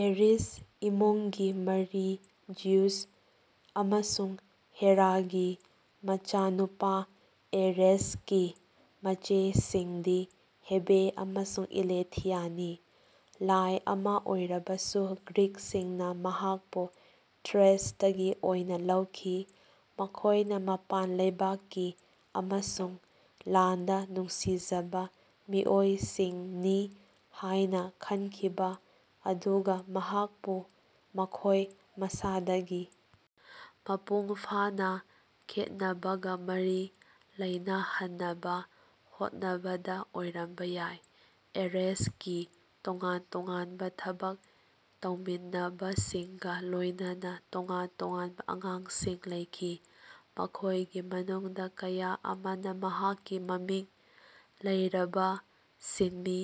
Ares ꯏꯃꯨꯡꯒꯤ ꯃꯔꯤ Zeus ꯑꯃꯁꯨꯡ ꯍꯦꯔꯥꯒꯤ ꯃꯆꯥꯅꯨꯄꯥ, ꯑꯔꯦꯁꯀꯤ ꯃꯆꯦꯁꯤꯡꯗꯤ ꯍꯦꯕꯦ ꯑꯃꯁꯨꯡ ꯏꯂꯦꯊꯤꯌꯥꯅꯤ꯫ ꯂꯥꯏ ꯑꯃꯥ ꯑꯣꯏꯔꯕꯁꯨ, ꯒ꯭ꯔꯤꯛꯁꯤꯡꯅ ꯃꯍꯥꯛꯄꯨ ꯊ꯭ꯔꯦꯁꯇꯒꯤ ꯑꯣꯏꯅ ꯂꯧꯈꯤ, ꯃꯈꯣꯏꯅ ꯃꯄꯥꯟ ꯂꯩꯕꯥꯛꯀꯤ ꯑꯃꯁꯨꯡ ꯂꯥꯟꯗ ꯅꯨꯡꯁꯤꯖꯕ ꯃꯤꯑꯣꯏꯁꯤꯡꯅꯤ ꯍꯥꯏꯅ ꯈꯟꯈꯤꯕ ꯑꯗꯨꯒ ꯃꯍꯥꯛꯄꯨ ꯃꯈꯣꯏ ꯃꯁꯥꯗꯒꯤ ꯃꯄꯨꯡ ꯐꯥꯅ ꯈꯦꯠꯅꯕꯒ ꯃꯔꯤ ꯂꯩꯅꯍꯟꯅꯕ ꯍꯣꯠꯅꯕꯗ ꯑꯣꯏꯔꯝꯕ ꯌꯥꯏ꯫ ꯑꯦꯔꯦꯁꯀꯤ ꯇꯣꯉꯥꯟ-ꯇꯣꯉꯥꯟꯕ ꯊꯕꯛ ꯇꯧꯃꯤꯟꯅꯕꯁꯤꯡꯒ ꯂꯣꯏꯅꯅ ꯇꯣꯉꯥꯟ-ꯇꯣꯉꯥꯟꯕ ꯑꯉꯥꯡꯁꯤꯡ ꯂꯩꯈꯤ, ꯃꯈꯣꯏꯒꯤ ꯃꯅꯨꯡꯗ ꯀꯌꯥ ꯑꯃꯅ ꯃꯍꯥꯛꯀꯤ ꯃꯃꯤꯡ ꯂꯩꯔꯕ ꯁꯤꯟꯃꯤ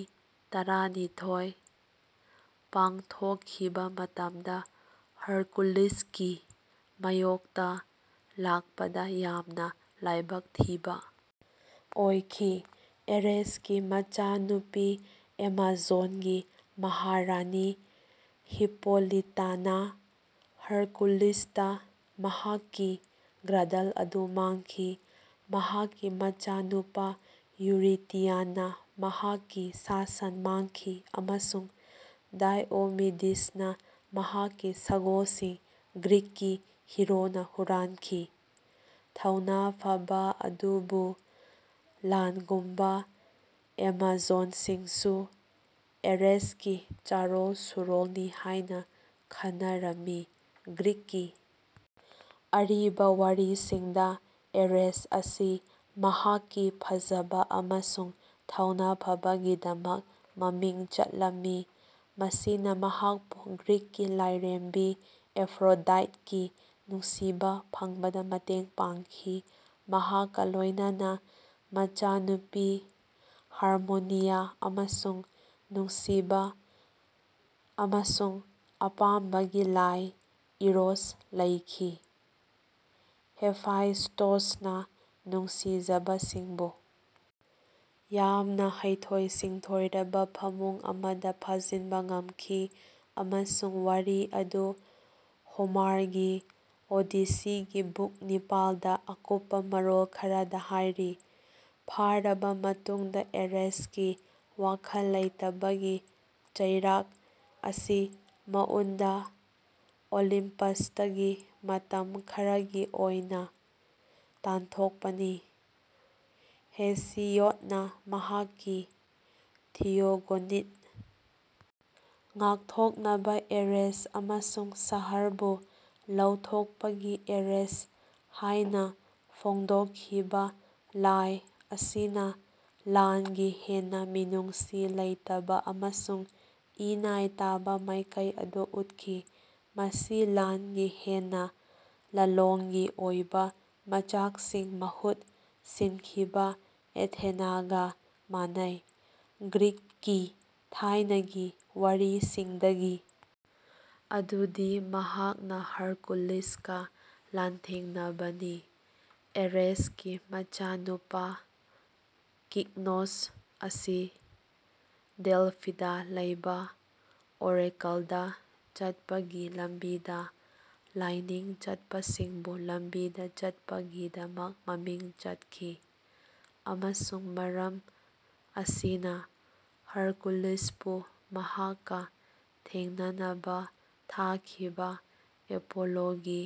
ꯇꯔꯥꯅꯤꯊꯣꯏ ꯄꯥꯡꯊꯣꯛꯈꯤꯕ ꯃꯇꯝꯗ ꯍꯔꯀꯨꯂꯤꯁꯀꯤ ꯃꯥꯌꯣꯛꯇ ꯂꯥꯛꯄꯗ ꯌꯥꯝꯅ ꯂꯥꯏꯕꯛ ꯊꯤꯕ ꯑꯣꯏꯈꯤ꯫ ꯑꯦꯔꯦꯁꯀꯤ ꯃꯆꯥꯅꯨꯄꯤ, ꯑꯦꯃꯥꯖꯣꯟꯒꯤ ꯃꯍꯥꯔꯥꯅꯤ ꯍꯤꯞꯄꯣꯂꯤꯇꯥꯅ ꯍꯔꯀꯨꯂꯤꯁꯇ ꯃꯍꯥꯛꯀꯤ ꯒꯔꯗꯜ ꯑꯗꯨ ꯃꯥꯡꯈꯤ, ꯃꯍꯥꯛꯀꯤ ꯃꯆꯥꯅꯨꯄꯥ ꯌꯨꯔꯤꯇꯤꯌꯟꯅ ꯃꯍꯥꯛꯀꯤ ꯁꯥ-ꯁꯟ ꯃꯥꯡꯈꯤ, ꯑꯃꯁꯨꯡ ꯗꯥꯏꯑꯣꯃꯤꯗꯤꯁꯅ ꯃꯍꯥꯛꯀꯤ ꯁꯒꯣꯜꯁꯤꯡ ꯒ꯭ꯔꯤꯛꯀꯤ ꯍꯤꯔꯣꯅ ꯍꯨꯔꯥꯟꯈꯤ꯫ ꯊꯧꯅꯥ ꯐꯕ ꯑꯗꯨꯕꯨ ꯂꯥꯟꯒꯨꯝꯕ ꯑꯦꯃꯥꯖꯣꯟꯁꯤꯡꯁꯨ ꯑꯦꯔꯦꯁꯀꯤ ꯆꯥꯔꯣꯜ-ꯁꯨꯔꯣꯜꯅꯤ ꯍꯥꯏꯅ ꯈꯟꯅꯔꯝꯃꯤ꯫ ꯒ꯭ꯔꯤꯛꯀꯤ ꯑꯔꯤꯕ ꯋꯥꯔꯤꯁꯤꯡꯗ, ꯑꯦꯔꯦꯁ ꯑꯁꯤ ꯃꯍꯥꯛꯀꯤ ꯐꯖꯕ ꯑꯃꯁꯨꯡ ꯊꯧꯅꯥ ꯐꯕꯒꯤꯗꯃꯛ ꯃꯃꯤꯡ ꯆꯠꯂꯝꯃꯤ, ꯃꯁꯤꯅ ꯃꯍꯥꯛꯄꯨ ꯒ꯭ꯔꯤꯛꯀꯤ ꯂꯥꯏꯔꯦꯝꯕꯤ ꯑꯦꯐ꯭ꯔꯣꯗꯥꯏꯠꯀꯤ ꯅꯨꯡꯁꯤꯕ ꯐꯪꯕꯗ ꯃꯇꯦꯡ ꯄꯥꯡꯈꯤ, ꯃꯍꯥꯛꯀ ꯂꯣꯏꯅꯅ ꯃꯆꯥꯅꯨꯄꯤ ꯍꯥꯔꯃꯣꯅꯤꯌꯥ ꯑꯃꯁꯨꯡ ꯅꯨꯡꯁꯤꯕ ꯑꯃꯁꯨꯡ ꯑꯄꯥꯝꯕꯒꯤ ꯂꯥꯏ ꯏꯔꯣꯁ ꯂꯩꯈꯤ꯫ ꯍꯦꯐꯥꯏꯁ꯭ꯇꯣꯁꯅ ꯅꯨꯡꯁꯤꯖꯕꯁꯤꯡꯕꯨ ꯌꯥꯝꯅ ꯍꯩꯊꯣꯏ-ꯁꯤꯡꯊꯣꯏꯔꯕ ꯐꯃꯨꯡ ꯑꯃꯗ ꯐꯥꯖꯤꯟꯕ ꯉꯝꯈꯤ, ꯑꯃꯁꯨꯡ ꯋꯥꯔꯤ ꯑꯗꯨ ꯍꯣꯃꯔꯒꯤ ꯑꯣꯗꯤꯁꯤꯒꯤ ꯕꯨꯛ ꯅꯤꯄꯥꯜꯗ ꯑꯀꯨꯞꯄ ꯃꯔꯣꯜ ꯈꯔꯗ ꯍꯥꯏꯔꯤ꯫ ꯐꯥꯔꯕ ꯃꯇꯨꯡꯗ, ꯑꯦꯔꯦꯁꯀꯤ ꯋꯥꯈꯜ ꯂꯩꯇꯕꯒꯤ ꯆꯩꯔꯥꯛ ꯑꯁꯤ ꯃꯥꯎꯟꯇ ꯑꯣꯂꯤꯝꯄꯁꯇꯒꯤ ꯃꯇꯝ ꯈꯔꯒꯤ ꯑꯣꯏꯅ ꯇꯥꯟꯊꯣꯛꯄꯅꯤ꯫ ꯍꯦꯁꯤꯌꯣꯗꯅ ꯃꯍꯥꯛꯀꯤ ꯊꯤꯌꯣꯒꯣꯅꯤꯗ 'ꯉꯥꯛꯊꯣꯛꯅꯕ ꯑꯦꯔꯦꯁ' ꯑꯃꯁꯨꯡ 'ꯁꯍꯔꯕꯨ ꯂꯧꯊꯣꯛꯄꯒꯤ ꯑꯦꯔꯦꯁ' ꯍꯥꯏꯅ ꯐꯣꯡꯗꯣꯛꯈꯤꯕ ꯂꯥꯏ ꯑꯁꯤꯅ ꯂꯥꯟꯒꯤ ꯍꯦꯟꯅ ꯃꯤꯅꯨꯡꯁꯤ ꯂꯩꯇꯕ ꯑꯃꯁꯨꯡ ꯏ-ꯅꯥꯏ ꯇꯥꯕ ꯃꯥꯏꯀꯩ ꯑꯗꯨ ꯎꯠꯈꯤ, ꯃꯁꯤ ꯂꯥꯟꯒꯤ ꯍꯦꯟꯅ ꯂꯥꯂꯣꯡꯒꯤ ꯑꯣꯏꯕ ꯃꯆꯥꯛꯁꯤꯡ ꯃꯍꯨꯠ ꯁꯤꯟꯈꯤꯕ ꯑꯦꯊꯦꯅꯥꯒ ꯃꯥꯟꯅꯩ꯫ ꯒ꯭ꯔꯤꯛꯀꯤ ꯊꯥꯏꯅꯒꯤ ꯋꯥꯔꯤꯁꯤꯡꯗꯒꯤ, ꯑꯗꯨꯗꯤ ꯃꯍꯥꯛꯅ ꯍꯔꯀꯨꯂꯤꯁꯀ ꯂꯥꯟꯊꯦꯡꯅꯕꯅꯤ꯫ ꯑꯔꯦꯁꯀꯤ ꯃꯆꯥꯅꯨꯄꯥ ꯀꯤꯛꯅꯣꯁ ꯑꯁꯤ ꯗꯦꯜꯐꯤꯗ ꯂꯩꯕ ꯑꯣꯔꯦꯀꯜꯗ ꯆꯠꯄꯒꯤ ꯂꯝꯕꯤꯗ ꯂꯥꯏꯅꯤꯡ ꯆꯠꯄꯁꯤꯡꯕꯨ ꯂꯝꯕꯤꯗ ꯆꯠꯄꯒꯤꯗꯃꯛ ꯃꯃꯤꯡ ꯆꯠꯈꯤ, ꯑꯃꯁꯨꯡ ꯃꯔꯝ ꯑꯁꯤꯅ ꯍꯔꯀꯨꯂꯤꯁꯄꯨ ꯃꯍꯥꯛꯀ ꯊꯦꯡꯅꯅꯕ ꯊꯥꯈꯤꯕ ꯑꯦꯄꯣꯂꯣꯒꯤ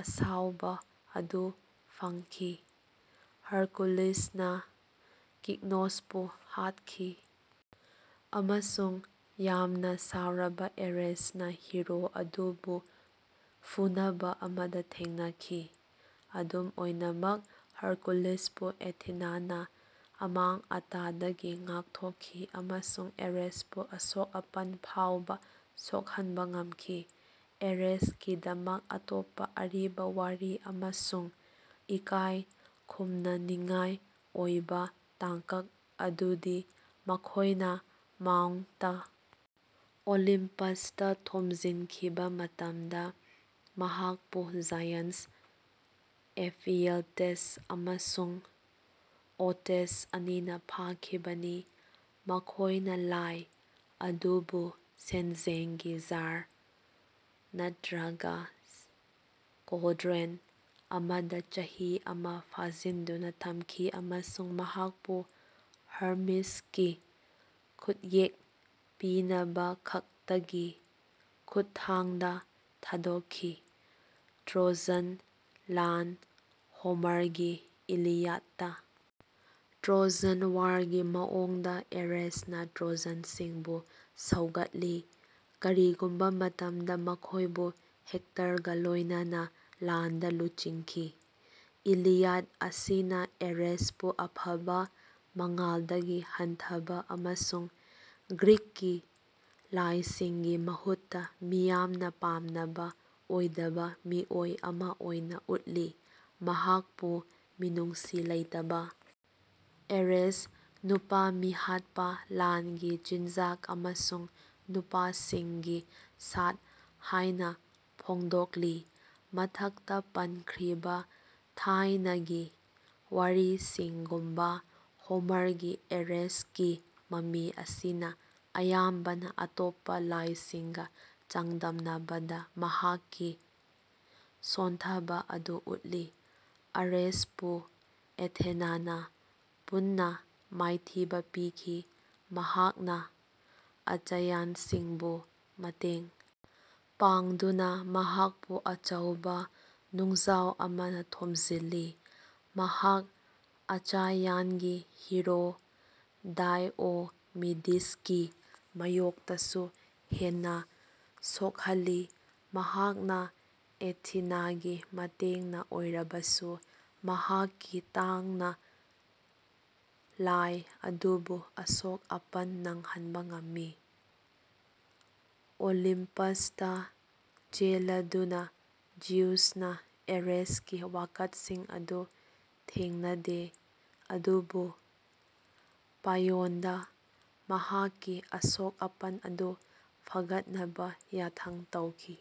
ꯑꯁꯥꯎꯕ ꯑꯗꯨ ꯐꯪꯈꯤ꯫ ꯍꯔꯀꯨꯂꯤꯁꯅ ꯀꯤꯛꯅꯣꯁꯄꯨ ꯍꯥꯠꯈꯤ, ꯑꯃꯁꯨꯡ ꯌꯥꯝꯅ ꯁꯥꯎꯔꯕ ꯑꯦꯔꯦꯁꯅ ꯍꯤꯔꯣ ꯑꯗꯨꯕꯨ ꯐꯨꯅꯕ ꯑꯃꯗ ꯊꯦꯡꯅꯈꯤ꯫ ꯑꯗꯨꯝ ꯑꯣꯏꯅꯃꯛ, ꯍꯔꯀꯨꯂꯤꯁꯄꯨ ꯑꯦꯊꯤꯅꯥꯅ ꯑꯃꯥꯡ-ꯑꯇꯥꯗꯒꯤ ꯉꯥꯛꯊꯣꯛꯈꯤ ꯑꯃꯁꯨꯡ ꯑꯦꯔꯦꯁꯄꯨ ꯑꯁꯣꯛ-ꯑꯄꯟ ꯐꯥꯎꯕ ꯁꯣꯛꯍꯟꯕ ꯉꯝꯈꯤ꯫ ꯑꯦꯔꯦꯁꯀꯤꯗꯃꯛ ꯑꯇꯣꯞꯄ ꯑꯔꯤꯕ ꯋꯥꯔꯤ ꯑꯃꯁꯨꯡ ꯏꯀꯥꯏ ꯈꯨꯝꯅꯅꯤꯡꯉꯥꯏ ꯑꯣꯏꯕ ꯇꯥꯡꯀꯛ ꯑꯗꯨꯗꯤ ꯃꯈꯣꯏꯅ ꯃꯥꯎꯟꯇ ꯑꯣꯂꯤꯝꯄꯁꯇ ꯊꯣꯝꯖꯤꯟꯈꯤꯕ ꯃꯇꯝꯗ ꯃꯍꯥꯛꯄꯨ ꯖꯥꯏꯟ꯭ꯇꯁ ꯑꯦꯐꯤꯌꯥꯜꯇꯦꯁ ꯑꯃꯁꯨꯡ ꯑꯣꯇꯁ ꯑꯅꯤꯅ ꯐꯥꯈꯤꯕꯅꯤ꯫ ꯃꯈꯣꯏꯅ ꯂꯥꯏ ꯑꯗꯨꯕꯨ ꯁꯦꯟꯖꯦꯡꯒꯤ ꯖꯥꯔ (ꯅꯠꯇ꯭ꯔꯒ ꯀꯣꯜꯗ꯭ꯔꯣꯟ) ꯑꯃꯗ ꯆꯍꯤ ꯑꯃ ꯐꯥꯖꯤꯟꯗꯨꯅ ꯊꯝꯈꯤ ꯑꯃꯁꯨꯡ ꯃꯍꯥꯛꯄꯨ ꯍꯔꯃꯤꯁꯀꯤ ꯈꯨꯠꯌꯦꯛ ꯄꯤꯅꯕꯈꯛꯇꯒꯤ ꯈꯨꯠꯊꯥꯡꯗ ꯊꯥꯗꯣꯛꯈꯤ꯫ ꯇ꯭ꯔꯣꯖꯟ ꯂꯥꯟ ꯍꯣꯃꯔꯒꯤ ꯏꯂꯤꯌꯥꯗꯇ ꯇ꯭ꯔꯣꯖꯟ ꯋꯥꯔꯒꯤ ꯃꯑꯣꯡꯗ, ꯑꯦꯔꯦꯁꯅ ꯇ꯭ꯔꯣꯖꯥꯟꯁꯤꯡꯕꯨ ꯁꯧꯒꯠꯂꯤ, ꯀꯔꯤꯒꯨꯝꯕ ꯃꯇꯝꯗ ꯃꯈꯣꯏꯕꯨ ꯍꯦꯛꯇꯔꯒ ꯂꯣꯏꯅꯅ ꯂꯥꯟꯗ ꯂꯨꯆꯤꯡꯈꯤ꯫ ꯏꯂꯤꯌꯥꯗ ꯑꯁꯤꯅ ꯑꯦꯔꯦꯁꯄꯨ ꯑꯐꯕ ꯃꯉꯥꯜꯗꯒꯤ ꯍꯟꯊꯕ ꯑꯃꯁꯨꯡ ꯒ꯭ꯔꯤꯛꯀꯤ ꯂꯥꯏꯁꯤꯡꯒꯤ ꯃꯍꯨꯠꯇ ꯃꯤꯌꯥꯝꯅ ꯄꯥꯝꯅꯕ ꯑꯣꯏꯗꯕ ꯃꯤꯑꯣꯏ ꯑꯃ ꯑꯣꯏꯅ ꯎꯠꯂꯤ꯫ ꯃꯍꯥꯛꯄꯨ 'ꯃꯤꯅꯨꯡꯁꯤ ꯂꯩꯇꯕ ꯑꯦꯔꯦꯁ', 'ꯅꯨꯄꯥ-ꯃꯤꯍꯥꯠꯄ', 'ꯂꯥꯟꯒꯤ ꯆꯤꯟꯖꯥꯛ' ꯑꯃꯁꯨꯡ 'ꯅꯨꯄꯥꯁꯤꯡꯒꯤ ꯁꯥꯞ' ꯍꯥꯏꯅ ꯐꯣꯡꯗꯣꯛꯂꯤ꯫ ꯃꯊꯛꯇ ꯄꯟꯈ꯭ꯔꯤꯕ ꯊꯥꯏꯅꯒꯤ ꯋꯥꯔꯤꯁꯤꯡꯒꯨꯝꯅ ꯍꯣꯃꯔꯒꯤ ꯑꯦꯔꯦꯁꯀꯤ ꯃꯃꯤ ꯑꯁꯤꯅ ꯑꯌꯥꯝꯕꯅ ꯑꯇꯣꯞꯄ ꯂꯥꯏꯁꯤꯡꯒ ꯆꯥꯡꯗꯝꯅꯕꯗ ꯃꯍꯥꯛꯀꯤ ꯁꯣꯟꯊꯕ ꯑꯗꯨ ꯎꯠꯂꯤ꯫ ꯑꯔꯦꯁꯄꯨ ꯑꯦꯊꯦꯅꯥꯅ ꯄꯨꯟꯅ ꯃꯥꯏꯊꯤꯕ ꯄꯤꯈꯤ, ꯃꯍꯥꯛꯅ ꯑꯆꯥꯌꯟꯁꯤꯡꯕꯨ ꯃꯇꯦꯡ ꯄꯥꯡꯗꯨꯅ, ꯃꯍꯥꯛꯄꯨ ꯑꯆꯧꯕ ꯅꯨꯡꯖꯥꯎ ꯑꯃꯅ ꯊꯣꯝꯖꯤꯜꯂꯤ꯫ ꯃꯍꯥꯛ ꯑꯆꯥꯏꯌꯟꯒꯤ ꯍꯤꯔꯣ ꯗꯥꯏꯑꯣꯃꯤꯗꯤꯁꯀꯤ ꯃꯥꯌꯣꯛꯇꯁꯨ ꯍꯦꯟꯅ ꯁꯣꯛꯍꯜꯂꯤ, ꯃꯍꯥꯛꯅ ꯑꯦꯊꯤꯅꯥꯒꯤ ꯃꯇꯦꯡꯅ ꯑꯣꯏꯔꯕꯁꯨ ꯃꯍꯥꯛꯀꯤ ꯇꯥꯡꯅ ꯂꯥꯏ ꯑꯗꯨꯕꯨ ꯑꯁꯣꯛ ꯑꯄꯟ ꯅꯪꯍꯟꯕ ꯉꯝꯃꯤ꯫ ꯑꯣꯂꯤꯝꯄꯁꯇ ꯆꯦꯜꯂꯗꯨꯅ, ꯖꯤꯎꯁꯅ ꯑꯦꯔꯦꯁꯀꯤ ꯋꯥꯀꯠꯁꯤꯡ ꯑꯗꯨ ꯊꯦꯡꯅꯗꯦ ꯑꯗꯨꯕꯨ ꯄꯥꯏꯌꯣꯟꯗ ꯃꯍꯥꯛꯀꯤ ꯑꯁꯣꯛ-ꯑꯄꯟ ꯑꯗꯨ ꯐꯒꯠꯅꯕ ꯌꯥꯊꯪ ꯇꯧꯈꯤ꯫